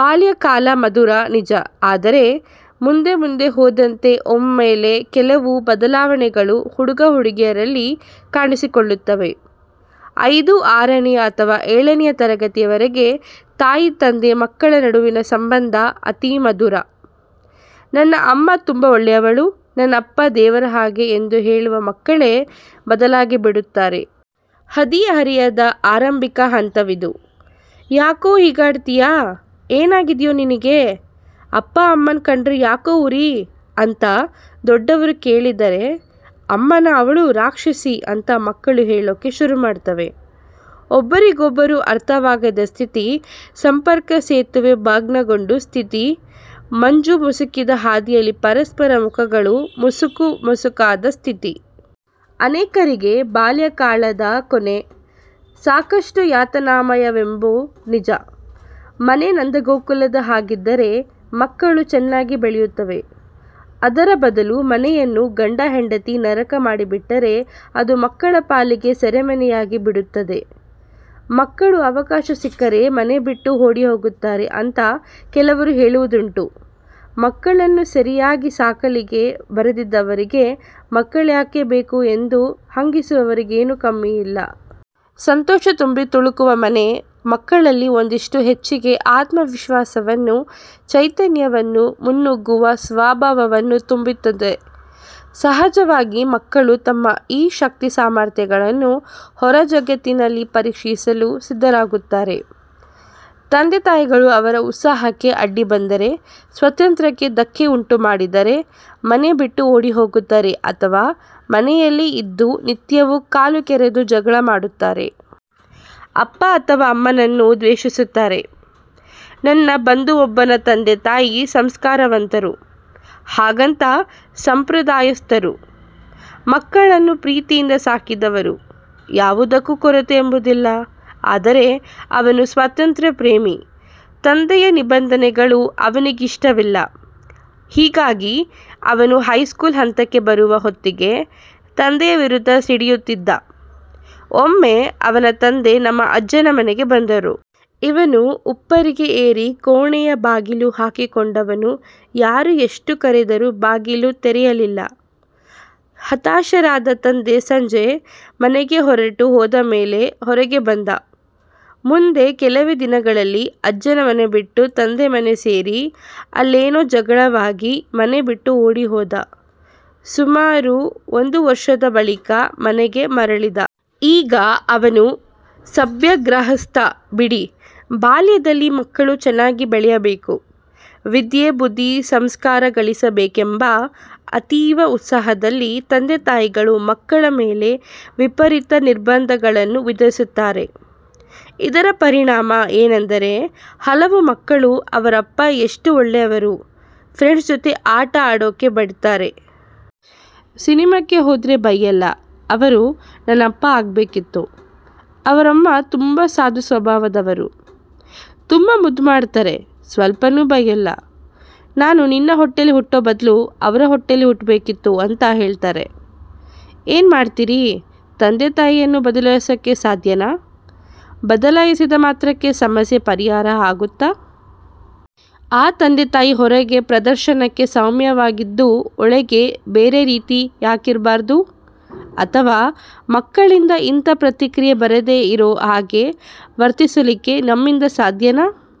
ಬಾಲ್ಯಕಾಲ ಮಧುರ ನಿಜ, ಆದರೆ ಮುಂದೆ ಮುಂದೆ ಹೋದಂತೆ ಒಮ್ಮೆಲೆ ಕೆಲವು ಬದಲಾವಣೆಗಳು ಹುಡುಗ-ಹುಡುಗಿಯರಲ್ಲಿ ಕಾಣಿಸಿಕೊಳ್ಳುತ್ತವೆ. ಐದು ಆರನೆಯ ಅಥವಾ ಏಳನೆಯ ತರಗತಿವರೆಗೆ ತಾಯಿ-ತಂದೆ ಮಕ್ಕಳ ನಡುವಿನ ಸಂಬಂಧ ಅತಿಮಧುರ. "ನನ್ನ ಅಮ್ಮ ತುಂಬ ಒಳ್ಳೆಯವಳು", "ನನ್ನಪ್ಪ ದೇವರ ಹಾಗೆ" ಎಂದು ಹೇಳುವ ಮಕ್ಕಳೇ ಬದಲಾಗಿಬಿಡುತ್ತಾರೆ. ಹದಿಹರೆಯದ ಆರಂಭಿಕ ಹಂತವಿದು. "ಯಾಕೋ ಹೀಗಾಡ್ತೀಯಾ? ಏನಾಗಿದ್ದಯೋ ನಿನಗೆ! ಅಪ್ಪ ಅಮ್ಮನ್ನ ಕಂಡ್ರೆ ಯಾಕೋ ಉರಿ?" ಅಂತ ದೊಡ್ಡವರು ಕೇಳಿದರೆ "ಅಮ್ಮನಾ ಅವ್ಳು ರಾಕ್ಷಸಿ" ಅಂತ ಮಕ್ಕಳು ಹೇಳೋಕೆ ಶುರುಮಾಡ್ತವೆ. ಒಬ್ಬರಿಗೊಬ್ಬರು ಅರ್ಥವಾಗದ ಸ್ಥಿತಿ. ಸಂಪರ್ಕಸೇತುವೆ ಭಗ್ನಗೊಂಡ ಸ್ಥಿತಿ. ಮಂಜು ಮುಸುಕಿದ ಹಾದಿಯಲ್ಲಿ ಪರಸ್ಪರ ಮುಖಗಳು ಮಸುಕು ಮಸುಕಾದ ಸ್ಥಿತಿ. ಅನೇಕರಿಗೆ ಬಾಲ್ಯಕಾಳದ ಕೊನೆ. ಸಾಕಷ್ಟು ಯಾತನಾಮಯವೆಂಬು ನಿಜ. ಮನೆ ನಂದಗೋಕುಲದ ಹಾಗಿದ್ದರೆ ಮಕ್ಕಳು ಚೆನ್ನಾಗಿ ಬೆಳೆಯುತ್ತವೆ. ಅದರ ಬದಲು ಮನೆಯನ್ನು ಗಂಡ-ಹೆಂಡತಿ ನರಕ ಮಾಡಿಬಿಟ್ಟರೆ ಅದು ಮಕ್ಕಳ ಪಾಲಿಗೆ ಸೆರಮನೆಯಾಗಿ ಬಿಡುತ್ತದೆ. ಮಕ್ಕಳು ಅವಕಾಶ ಸಿಕ್ಕರೆ ಮನೆಬಿಟ್ಟು ಓಡಿಹೋಗುತ್ತಾರೆ ಅಂತ ಕೆಲವರು ಹೇಳುವುದುಂಟು. "ಮಕ್ಕಳನ್ನು ಸರಿಯಾಗಿ ಸಾಕಲಿಕ್ಕೆ ಬಾರದಿದ್ದವರಿಗೆ ಮಕ್ಕಳ್ಯಾಕೆ ಬೇಕು" ಎಂದು ಹಂಗಿಸುವವರಿಗೇನೂ ಕಮ್ಮಿಯಿಲ್ಲ. ಸಂತೋಷ ತುಂಬಿತುಳುಕುವ ಮನೆ ಮಕ್ಕಳಲ್ಲಿ ಒಂದಿಷ್ಟು ಹೆಚ್ಚಿಗೆ ಆತ್ಮವಿಶ್ವಾಸವನ್ನು, ಚೈತನ್ಯವನ್ನು, ಮುನ್ನುಗ್ಗುವ ಸ್ವಭಾವವನ್ನು ತುಂಬುತ್ತದೆ. ಸಹಜವಾಗಿ ಮಕ್ಕಳು ತಮ್ಮ ಈ ಶಕ್ತಿಸಾಮರ್ಥ್ಯಗಳನ್ನು ಹೊರಜಗತ್ತಿನಲ್ಲಿ ಪರೀಕ್ಷಿಸಲು ಸಿದ್ಧರಾಗುತ್ತಾರೆ. ತಂದೆತಾಯಿಗಳು ಅವರ ಉತ್ಸಾಹಕ್ಕೆ ಅಡ್ಡಿಬಂದರೆ, ಸ್ವಾತಂತ್ಯ್ರಕ್ಕೆ ಧಕ್ಕೆ ಉಂಟುಮಾಡಿದರೆ ಮನೆಬಿಟ್ಟು ಓಡಿಹೋಗುತ್ತಾರೆ ಅಥವಾ ಮನೆಯಲ್ಲೇ ಇದ್ದು ನಿತ್ಯವೂ ಕಾಲುಕೆರೆದು ಜಗಳ ಮಾಡುತ್ತಾರೆ. ಅಪ್ಪ ಅಥವಾ ಅಮ್ಮನನ್ನು ದ್ವೇಷಿಸುತ್ತಾರೆ. ನನ್ನ ಬಂಧುವೊಬ್ಬನ ತಂದೆತಾಯಿ ಸಂಸ್ಕಾರವಂತರು. ಹಾಗಂತ ಸಂಪ್ರದಾಯಸ್ಥರು. ಮಕ್ಕಳನ್ನು ಪ್ರೀತಿಯಿಂದ ಸಾಕಿದವರು. ಯಾವುದಕ್ಕೂ ಕೊರತೆ ಎಂಬುದಿಲ್ಲ. ಆದರೆ ಅವನು ಸ್ವಾತಂತ್ಯ್ರ ಪ್ರೇಮಿ. ತಂದೆಯ ನಿಬಂಧನೆಗಳು ಅವನಿಗಿಷ್ಟವಿಲ್ಲ. ಹೀಗಾಗಿ ಅವನು ಹೈಸ್ಕೂಲು ಹಂತಕ್ಕೆ ಬರುವ ಹೊತ್ತಿಗೆ ತಂದೆಯ ವಿರುದ್ಧ ಸಿಡಿಯುತ್ತಿದ್ದ. ಒಮ್ಮೆ ಅವನ ತಂದೆ ನಮ್ಮ ಅಜ್ಜನ ಮನೆಗೆ ಬಂದರು. ಇವನು ಉಪ್ಪರಿಗೆ ಏರಿ ಕೋಣೆಯ ಬಾಗಿಲು ಹಾಕಿಕೊಂಡವನು ಯಾರು ಎಷ್ಟು ಕರೆದರೂ ಬಾಗಿಲು ತೆರೆಯಲಿಲ್ಲ. ಹತಾಶರಾದ ತಂದೆ ಸಂಜೆ ಮನೆಗೆ ಹೊರಟು ಹೋದಮೇಲೆ ಹೊರಗೆಬಂದ. ಮುಂದೆ ಕೆಲವೇ ದಿನಗಳಲ್ಲಿ ಅಜ್ಜನ ಮನೆಬಿಟ್ಟು ತಂದೆಮನೆ ಸೇರಿ ಅಲ್ಲೇನೋ ಜಗಳವಾಗಿ ಮನೆಬಿಟ್ಟು ಓಡಿ ಹೋದ. ಸುಮಾರು ಒಂದು ವರ್ಷದ ಬಳಿಕ ಮನೆಗೆ ಮರಳಿದ. ಈಗ ಅವನು ಸಭ್ಯ ಗೃಹಸ್ಥ ಬಿಡಿ ಬಾಲ್ಯದಲ್ಲಿ ಮಕ್ಕಳು ಚೆನ್ನಾಗಿ ಬೆಳೆಯಬೇಕು. ವಿದ್ಯೆ ಬುದ್ಧಿ ಸಂಸ್ಕಾರ ಗಳಿಸಬೇಕೆಂಬ ಅತೀವ ಉತ್ಸಾಹದಲ್ಲಿ ತಂದೆತಾಯಿಗಳು ಮಕ್ಕಳ ಮೇಲೆ ವಿಪರೀತ ನಿರ್ಬಂಧಗಳನ್ನು ವಿಧಿಸುತ್ತಾರೆ. ಇದರ ಪರಿಣಾಮ ಏನೆಂದರೆ ಹಲವು ಮಕ್ಕಳು "ಅವರಪ್ಪ ಎಷ್ಟು ಒಳ್ಳೆಯವರು. ಫ್ರೆಂಡ್ಸ್ ಜೊತ ಆಟ ಆಡೋಕೆ ಬಿಡ್ತಾರೆ. ಸಿನೆಮಾಕ್ಕೆ ಹೋದ್ರೆ ಬಯ್ಯಲ್ಲ. ಅವರು ನನ್ನಪ್ಪ ಆಗಬೇಕಿತ್ತು". "ಅವರಮ್ಮ ತುಂಬ ಸಾಧು ಸ್ವಭಾವದವರು. ತುಂಬ ಮುದ್ದುಮಾಡ್ತಾರೆ. ಸ್ವಲ್ಪಾನೂ ಬೈಯಲ್ಲ. ನಾನು ನಿನ್ನ ಹೊಟ್ಟೇಲಿ ಹುಟ್ಟೋ ಬದ್ಲು ಅವ್ರ ಹೊಟ್ಟೇಲಿ ಹುಟ್ಬೇಕಾಗಿತ್ತು ಅಂತ ಹೇಳ್ತಾರೆ. ಏನ್ಮಾಡ್ತೀರಿ ತಂದೆತಾಯಿಯನ್ನು ಬದಲಾಯಿಸೋಕೆ ಸಾಧ್ಯನಾ, ಬದಲಾಯಿಸಿದ ಮಾತ್ರಕ್ಕೆ ಸಮಸ್ಯೆ ಪರಿಹರ ಆಗುತ್ತಾ? ಆ ತಂದೆತಾಯಿ ಹೊರಗೆ ಪ್ರದರ್ಶನಕ್ಕೆ ಸೌಮ್ಯವಾಗಿದ್ದು ಒಳಗೆ ಬೇರೆ ರೀತಿ ಯಾಕಿರಬಾರ್ದು, ಅಥವಾ ಮಕ್ಕಳಿಂದ ಇಂಥ ಪ್ರತಿಕ್ರಿಯೆ ಬರದೆ ಇರೋ ಹಾಗೆ ವರ್ತಿಸಲಿಕ್ಕೆ ನಮ್ಮಿಂದ ಸಾಧ್ಯನ?